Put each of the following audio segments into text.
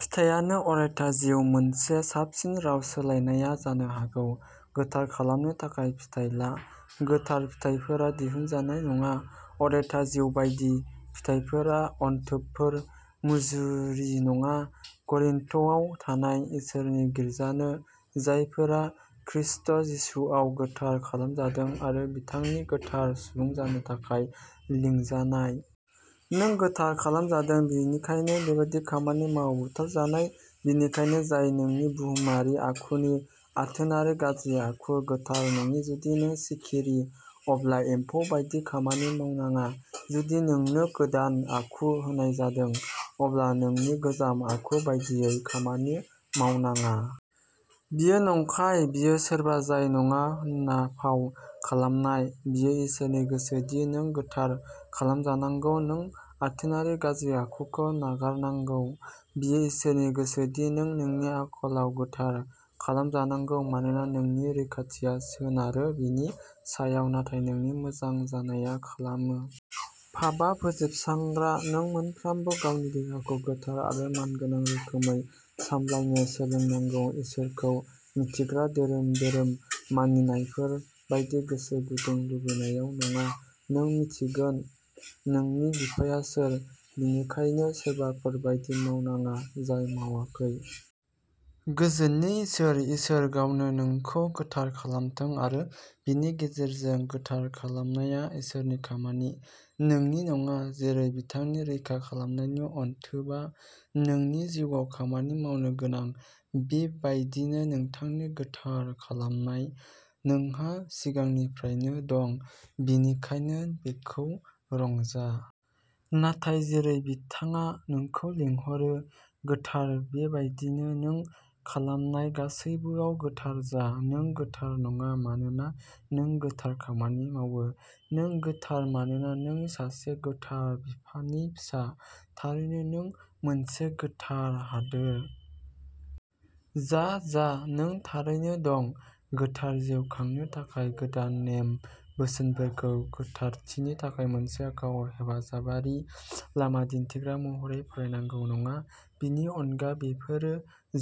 फिथायानो अरायथा जिउ मोनसे साबसिन राव सोलायनाया जानो हागौ, गोथार खालामनो थाखाय फिथाइ ला। गोथार फिथाइफोरा दिहुनजानाय नङा। अरायथा जिउ बायदि, फिथाइफोरा अनथोबफोर, मुजुरि नङा। करिन्थआव थानाय इसोरनि गिर्जानो, जायफोरा खृष्ट जिसुआव गोथार खालामजादों आरो बिथांनि गोथार सुबुं जानो थाखाय लिंजानाय। नों गोथार खालामजादों बेनिखायनो बेबादि खामानि माव। बुथारजानाय, बेनिखायनो, जाय नोंनि बुहुमारि आखुनि आथोनारि गाज्रि आखु, गोथार नङि जुदि नों सिखिरि, अब्ला एम्फौ बायदि खामानि मावनाङा। जुदि नोंनो गोदान आखु होनाय जादों, अब्ला नोंनि गोजाम आखु बायदियै खामानि मावनाङा। बेयो नंखाय। बेयो सोरबा जाय नङा होनना फाव खालामनाय। बेयो इसोरनि गोसो दि नों गोथार खालामजानांगौ नों आथोनारि गाज्रि आखुखौ नागारनांगौ। बेयो इसोरनि गोसो दि नों नोंनि आखलआव गोथार खालामजानांगौ, मानोना नोंनि रैखाथिया सोनारो बेनि सायाव, नाथाय नोंनि मोजां जानाया खालामो। पापआ फोजोबस्रांग्रा। नों मोनफ्रोमबो गावनि देहाखौ गोथार आरो मानगोनां रोखोमै सामलायनो सोलोंनांगौ, इसोरखौ मिन्थिग्रा धोरोम धोरोम मानिनायफोर बायदि गोसो गुदुं लुबैनायाव नङा। नों मिन्थिगोन नोंनि बिफाया सोर, बेनिखायनो सोरबाफोर बायदि मावनाङा जाय मावाखै। गोजोननि इसोर, इसोर गावनो नोंखौ गोथार खालामथों आरो बेनि गेजेरजों। गोथार खालामनाया इसोरनि खामानि, नोंनि नङा। जेरै बिथांनि रैखा खालामनायनि अनथोबआ नोंनि जिउआव खामानि मावनो गोनां, बेबायदिनो बिथांनि गोथार खालामनाय। नोंहा सिगांनिफ्रायनो दं, बेनिखायनो बेखौ रंजा! नाथाय जेरै बिथाङा नोंखौ लिंहरो, गोथार, बेबायदिनो नों खालामनाय गासैबोआव गोथार जा। नों गोथार नङा मानोना नों गोथार खामानि मावो। नों गोथार मानोना नों सासे गोथार बिफानि फिसा। थारैनो, नों मोनसे गोथार हादोर। जा जा। नों थारैनो दं। गोथार जिउ खांनो थाखाय गोदान नेम बोसोनफोरखौ गोथारथिनि थाखाय मोनसे गाव हेफाजाबारि लामा दिन्थिग्रा महरै फरायनांगौ नङा। बेनि अनगा, बेफोरो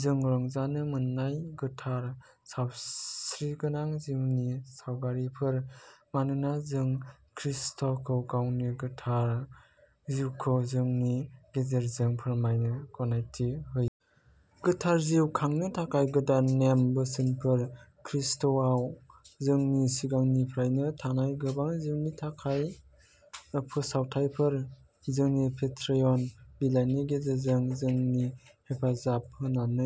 जों रंजानो मोन्नाय गोथार, सावस्रिगोनां जिउनि सावगारिफोर, मानोना जों खृष्टखौ गावनि गोथार जिउखौ जोंनि गेजेरजों फोरमायनो गनायथि होयो। गोथार जिउ खांनो थाखाय गोदान नेम बोसोनफोरा ख्रीष्टआव जोंनि सिगांनिफ्रायनो थानाय गोबां जिउनि थाखाय फोसावथायफोर। जोंनि पेट्रियन बिलाइनि गेजेरजों जोंनि हेफाजाब होनानै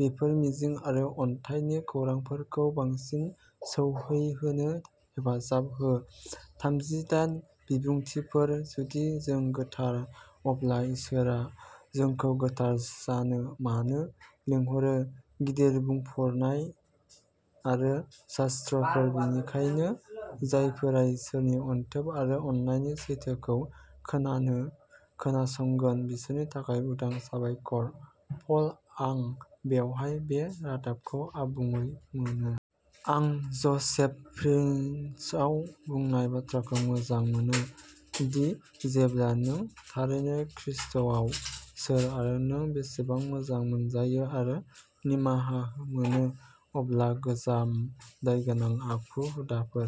बेफोर मिजिं आरो अनथाइनि खौरांफोरखौ बांसिन सौहैहोनो हेफाजाब हो। थामजिदाइन बिबुंथिफोर जुदि जों गोथार, अब्ला इसोरआ जोंखौ गोथार जानो मानो लिंहरो गिदिर बुंफोरनाय आरो शास्त्रफोर बेनिखायनो जायफोरा इसोरनि अनथोब आरो अननायनि सैथोखौ खोनानो खोनासगोन बिसोरनि थाखाय उदां साबायखर, पल, आं बेवहाय बे रादाबखौ आबुङै मोनो। आं ज'सेफ प्रिन्सआ बुंनाय बाथ्राखौ मोजां मोनो, दि जेब्ला नों थारैनो खृष्टआव सोर आरो नों बेसेबां मोजां मोनजायो आरो निमाहा मोनो, अब्ला गोजाम दायगोनां आखु हुदाफोर।